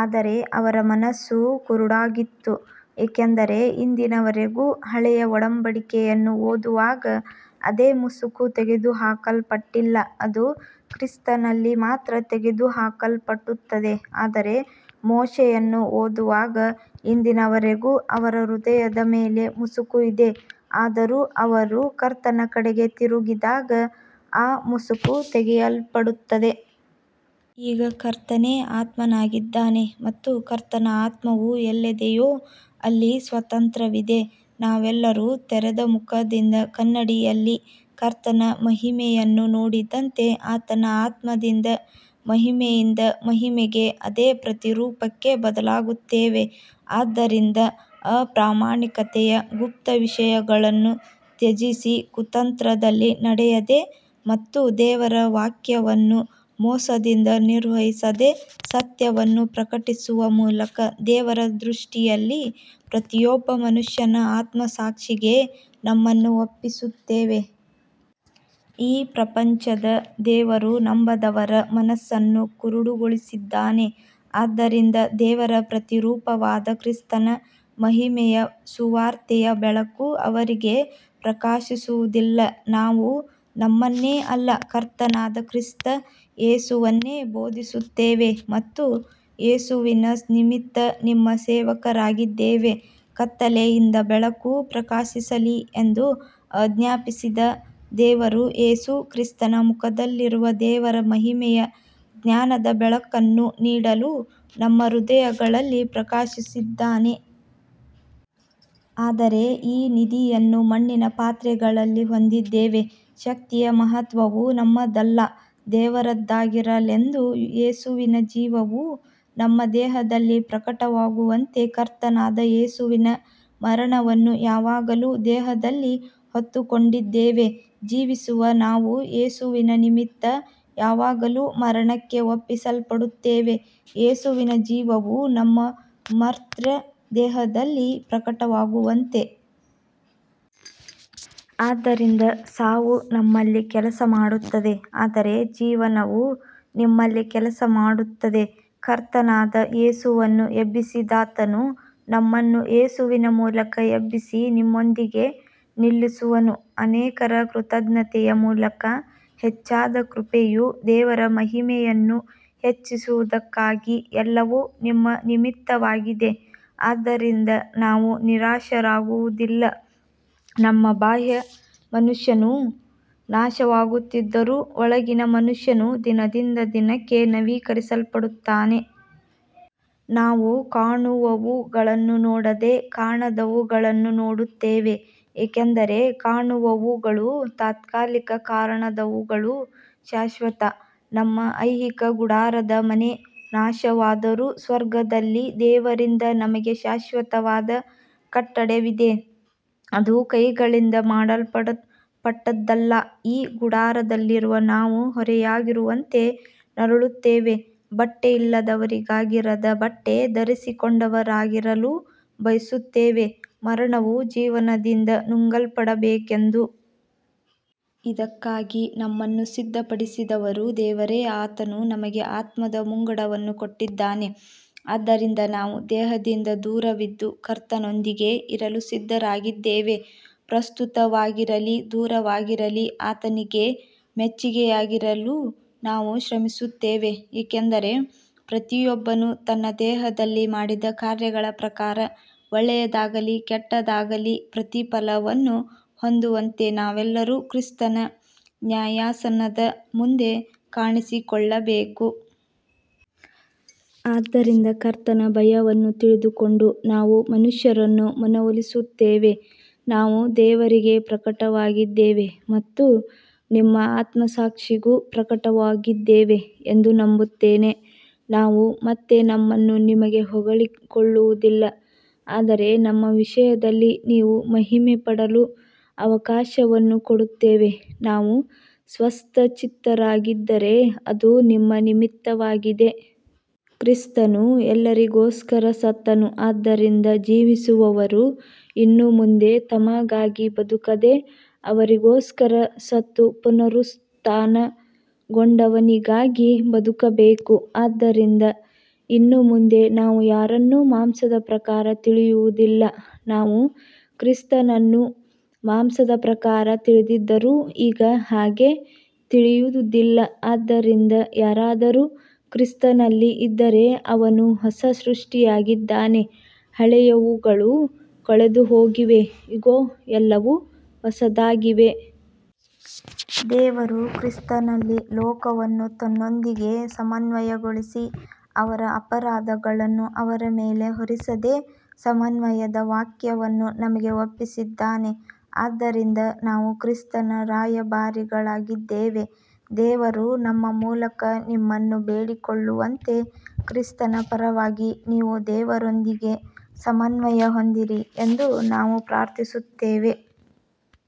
ಆದರೆ ಅವರ ಮನಸ್ಸು ಕುರುಡಾಗಿತ್ತು, ಏಕೆಂದರೆ ಇಂದಿನವರೆಗೂ ಹಳೆಯ ಒಡಂಬಡಿಕೆಯನ್ನು ಓದುವಾಗ ಅದೇ ಮುಸುಕು ತೆಗೆದುಹಾಕಲ್ಪಟ್ಟಿಲ್ಲ, ಅದು ಕ್ರಿಸ್ತನಲ್ಲಿ ಮಾತ್ರ ತೆಗೆದುಹಾಕಲ್ಪಡುತ್ತದೆ. ಆದರೆ ಮೋಶೆಯನ್ನು ಓದುವಾಗ ಇಂದಿನವರೆಗೂ ಅವರ ಹೃದಯದ ಮೇಲೆ ಮುಸುಕು ಇದೆ. ಆದರೂ ಅವರು ಕರ್ತನ ಕಡೆಗೆ ತಿರುಗಿದಾಗ ಆ ಮುಸುಕು ತೆಗೆಯಲ್ಪಡುತ್ತದೆ. ಈಗ ಕರ್ತನೇ ಆತ್ಮನಾಗಿದ್ದಾನೆ ಮತ್ತು ಕರ್ತನ ಆತ್ಮವು ಎಲ್ಲಿದೆಯೋ ಅಲ್ಲಿ ಸ್ವಾತಂತ್ರ್ಯವಿದೆ. ನಾವೆಲ್ಲರೂ ತೆರೆದ ಮುಖದಿಂದ ಕನ್ನಡಿಯಲ್ಲಿ ಕರ್ತನ ಮಹಿಮೆಯನ್ನು ನೋಡಿದಂತೆ ಆತನ ಆತ್ಮದಿಂದ ಮಹಿಮೆಯಿಂದ ಮಹಿಮೆಗೆ ಅದೇ ಪ್ರತಿರೂಪಕ್ಕೆ ಬದಲಾಗುತ್ತೇವೆ. ಆದ್ದರಿಂದ ಅಪ್ರಾಮಾಣಿಕತೆಯ ಗುಪ್ತ ವಿಷಯಗಳನ್ನು ತ್ಯಜಿಸಿ, ಕುತಂತ್ರದಲ್ಲಿ ನಡೆಯದೆ ಮತ್ತು ದೇವರ ವಾಕ್ಯವನ್ನು ಮೋಸದಿಂದ ನಿರ್ವಹಿಸದೆ, ಸತ್ಯವನ್ನು ಪ್ರಕಟಿಸುವ ಮೂಲಕ ದೇವರ ದೃಷ್ಟಿಯಲ್ಲಿ ಪ್ರತಿಯೊಬ್ಬ ಮನುಷ್ಯನ ಆತ್ಮಸಾಕ್ಷಿಗೆ ನಮ್ಮನ್ನು ಒಪ್ಪಿಸುತ್ತೇವೆ. ಈ ಪ್ರಪಂಚದ ದೇವರು ನಂಬದವರ ಮನಸ್ಸನ್ನು ಕುರುಡುಗೊಳಿಸಿದ್ದಾನೆ, ಆದ್ದರಿಂದ ದೇವರ ಪ್ರತಿರೂಪವಾದ ಕ್ರಿಸ್ತನ ಮಹಿಮೆಯ ಸುವಾರ್ತೆಯ ಬೆಳಕು ಅವರಿಗೆ ಪ್ರಕಾಶಿಸುವುದಿಲ್ಲ. ನಾವು ನಮ್ಮನ್ನೇ ಅಲ್ಲ, ಕರ್ತನಾದ ಕ್ರಿಸ್ತ ಯೇಸುವನ್ನೇ ಬೋಧಿಸುತ್ತೇವೆ ಮತ್ತು ಯೇಸುವಿನ ನಿಮಿತ್ತ ನಿಮ್ಮ ಸೇವಕರಾಗಿದ್ದೇವೆ. ಕತ್ತಲೆಯಿಂದ ಬೆಳಕು ಪ್ರಕಾಶಿಸಲಿ ಎಂದು ಆಜ್ಞಾಪಿಸಿದ ದೇವರು ಯೇಸು ಕ್ರಿಸ್ತನ ಮುಖದಲ್ಲಿರುವ ದೇವರ ಮಹಿಮೆಯ ಜ್ಞಾನದ ಬೆಳಕನ್ನು ನೀಡಲು ನಮ್ಮ ಹೃದಯಗಳಲ್ಲಿ ಪ್ರಕಾಶಿಸಿದ್ದಾನೆ. ಆದರೆ ಈ ನಿಧಿಯನ್ನು ಮಣ್ಣಿನ ಪಾತ್ರೆಗಳಲ್ಲಿ ಹೊಂದಿದ್ದೇವೆ, ಶಕ್ತಿಯ ಮಹತ್ವವು ನಮ್ಮದಲ್ಲ ದೇವರದ್ದಾಗಿರಲೆಂದು. ಯೇಸುವಿನ ಜೀವವು ನಮ್ಮ ದೇಹದಲ್ಲಿ ಪ್ರಕಟವಾಗುವಂತೆ ಕರ್ತನಾದ ಯೇಸುವಿನ ಮರಣವನ್ನು ಯಾವಾಗಲೂ ದೇಹದಲ್ಲಿ ಹೊತ್ತುಕೊಂಡಿದ್ದೇವೆ. ಜೀವಿಸುವ ನಾವು ಯೇಸುವಿನ ನಿಮಿತ್ತ ಯಾವಾಗಲೂ ಮರಣಕ್ಕೆ ಒಪ್ಪಿಸಲ್ಪಡುತ್ತೇವೆ, ಯೇಸುವಿನ ಜೀವವು ನಮ್ಮ ಮರ್ತ್ಯ ದೇಹದಲ್ಲಿ ಪ್ರಕಟವಾಗುವಂತೆ. ಆದ್ದರಿಂದ ಸಾವು ನಮ್ಮಲ್ಲಿ ಕೆಲಸಮಾಡುತ್ತದೆ, ಆದರೆ ಜೀವನವು ನಿಮ್ಮಲ್ಲಿ ಕೆಲಸಮಾಡುತ್ತದೆ. ಕರ್ತನಾದ ಯೇಸುವನ್ನು ಎಬ್ಬಿಸಿದಾತನು ನಮ್ಮನ್ನೂ ಯೇಸುವಿನ ಮೂಲಕ ಎಬ್ಬಿಸಿ ನಿಮ್ಮೊಂದಿಗೆ ನಿಲ್ಲಿಸುವನು. ಅನೇಕರ ಕೃತಜ್ಞತೆಯ ಮೂಲಕ ಹೆಚ್ಚಾದ ಕೃಪೆಯು ದೇವರ ಮಹಿಮೆಯನ್ನು ಹೆಚ್ಚಿಸುವುದಕ್ಕಾಗಿ ಎಲ್ಲವೂ ನಿಮ್ಮ ನಿಮಿತ್ತವಾಗಿದೆ. ಆದ್ದರಿಂದ ನಾವು ನಿರಾಶರಾಗುವುದಿಲ್ಲ. ನಮ್ಮ ಬಾಹ್ಯ ಮನುಷ್ಯನು ನಾಶವಾಗುತ್ತಿದ್ದರೂ ಒಳಗಿನ ಮನುಷ್ಯನು ದಿನದಿಂದ ದಿನಕ್ಕೆ ನವೀಕರಿಸಲ್ಪಡುತ್ತಾನೆ. ನಾವು ಕಾಣುವವುಗಳನ್ನು ನೋಡದೆ ಕಾಣದವುಗಳನ್ನು ನೋಡುತ್ತೇವೆ, ಏಕೆಂದರೆ ಕಾಣುವವುಗಳು ತಾತ್ಕಾಲಿಕ, ಕಾಣದವುಗಳು ಶಾಶ್ವತ. ನಮ್ಮ ಐಹಿಕ ಗುಡಾರದ ಮನೆ ನಾಶವಾದರೂ ಸ್ವರ್ಗದಲ್ಲಿ ದೇವರಿಂದ ನಮಗೆ ಶಾಶ್ವತವಾದ ಕಟ್ಟಡವಿದೆ, ಅದು ಕೈಗಳಿಂದ ಮಾಡಲ್ಪಟ್ಟದ್ದಲ್ಲ. ಈ ಗುಡಾರದಲ್ಲಿರುವ ನಾವು ಹೊರೆಯಾಗಿರುವಂತೆ ನರಳುತ್ತೇವೆ, ಬಟ್ಟೆಯಿಲ್ಲದವರಾಗಿರದೆ ಬಟ್ಟೆ ಧರಿಸಿಕೊಂಡವರಾಗಿರಲು ಬಯಸುತ್ತೇವೆ, ಮರಣವು ಜೀವನದಿಂದ ನುಂಗಲ್ಪಡಬೇಕೆಂದು. ಇದಕ್ಕಾಗಿ ನಮ್ಮನ್ನು ಸಿದ್ಧಪಡಿಸಿದವನು ದೇವರೇ, ಆತನು ನಮಗೆ ಆತ್ಮದ ಮುಂಗಡವನ್ನು ಕೊಟ್ಟಿದ್ದಾನೆ. ಆದ್ದರಿಂದ ನಾವು ದೇಹದಿಂದ ದೂರವಿದ್ದು ಕರ್ತನೊಂದಿಗೆ ಇರಲು ಸಿದ್ಧರಾಗಿದ್ದೇವೆ. ಪ್ರಸ್ತುತವಾಗಿರಲಿ ದೂರವಾಗಿರಲಿ, ಆತನಿಗೆ ಮೆಚ್ಚಿಗೆಯಾಗಿರಲು ನಾವು ಶ್ರಮಿಸುತ್ತೇವೆ. ಏಕೆಂದರೆ ಪ್ರತಿಯೊಬ್ಬನು ತನ್ನ ದೇಹದಲ್ಲಿ ಮಾಡಿದ ಕಾರ್ಯಗಳ ಪ್ರಕಾರ, ಒಳ್ಳೆಯದಾಗಲಿ ಕೆಟ್ಟದಾಗಲಿ, ಪ್ರತಿಫಲವನ್ನು ಹೊಂದುವಂತೆ ನಾವೆಲ್ಲರೂ ಕ್ರಿಸ್ತನ ನ್ಯಾಯಾಸನದ ಮುಂದೆ ಕಾಣಿಸಿಕೊಳ್ಳಬೇಕು. ಆದ್ದರಿಂದ ಕರ್ತನ ಭಯವನ್ನು ತಿಳಿದುಕೊಂಡು ನಾವು ಮನುಷ್ಯರನ್ನು ಮನವೊಲಿಸುತ್ತೇವೆ. ನಾವು ದೇವರಿಗೆ ಪ್ರಕಟವಾಗಿದ್ದೇವೆ ಮತ್ತು ನಿಮ್ಮ ಆತ್ಮಸಾಕ್ಷಿಗೂ ಪ್ರಕಟವಾಗಿದ್ದೇವೆ ಎಂದು ನಂಬುತ್ತೇನೆ. ನಾವು ಮತ್ತೆ ನಮ್ಮನ್ನು ನಿಮಗೆ ಹೊಗಳಿಕೊಳ್ಳುವುದಿಲ್ಲ, ಆದರೆ ನಮ್ಮ ವಿಷಯದಲ್ಲಿ ನೀವು ಮಹಿಮೆಪಡಲು ಅವಕಾಶವನ್ನು ಕೊಡುತ್ತೇವೆ. ನಾವು ಸ್ವಸ್ಥಚಿತ್ತರಾಗಿದ್ದರೆ ಅದು ನಿಮ್ಮ ನಿಮಿತ್ತವಾಗಿದೆ. ಕ್ರಿಸ್ತನು ಎಲ್ಲರಿಗೋಸ್ಕರ ಸತ್ತನು, ಆದ್ದರಿಂದ ಜೀವಿಸುವವರು ಇನ್ನು ಮುಂದೆ ತಮಗಾಗಿ ಬದುಕದೆ, ಅವರಿಗೋಸ್ಕರ ಸತ್ತು ಪುನರುತ್ಥಾನಗೊಂಡವನಿಗಾಗಿ ಬದುಕಬೇಕು. ಆದ್ದರಿಂದ ಇನ್ನು ಮುಂದೆ ನಾವು ಯಾರನ್ನೂ ಮಾಂಸದ ಪ್ರಕಾರ ತಿಳಿಯುವುದಿಲ್ಲ. ನಾವು ಕ್ರಿಸ್ತನನ್ನು ಮಾಂಸದ ಪ್ರಕಾರ ತಿಳಿದಿದ್ದರೂ ಈಗ ಹಾಗೆ ತಿಳಿಯುವುದಿಲ್ಲ. ಆದ್ದರಿಂದ ಯಾರಾದರೂ ಕ್ರಿಸ್ತನಲ್ಲಿ ಇದ್ದರೆ ಅವನು ಹೊಸ ಸೃಷ್ಟಿಯಾಗಿದ್ದಾನೆ, ಹಳೆಯವುಗಳು ಕಳೆದುಹೋಗಿವೆ, ಇಗೋ ಎಲ್ಲವೂ ಹೊಸದಾಗಿವೆ. ದೇವರು ಕ್ರಿಸ್ತನಲ್ಲಿ ಲೋಕವನ್ನು ತನ್ನೊಂದಿಗೆ ಸಮನ್ವಯಗೊಳಿಸಿ, ಅವರ ಅಪರಾಧಗಳನ್ನು ಅವರ ಮೇಲೆ ಹೊರಿಸದೆ ಸಮನ್ವಯದ ವಾಕ್ಯವನ್ನು ನಮಗೆ ಒಪ್ಪಿಸಿದ್ದಾನೆ. ಆದ್ದರಿಂದ ನಾವು ಕ್ರಿಸ್ತನ ರಾಯಭಾರಿಗಳಾಗಿದ್ದೇವೆ. ದೇವರು ನಮ್ಮ ಮೂಲಕ ನಿಮ್ಮನ್ನು ಬೇಡಿಕೊಳ್ಳುವಂತೆ, ಕ್ರಿಸ್ತನ ಪರವಾಗಿ ನೀವು ದೇವರೊಂದಿಗೆ ಸಮನ್ವಯ ಹೊಂದಿರಿ ಎಂದು ನಾವು ಪ್ರಾರ್ಥಿಸುತ್ತೇವೆ.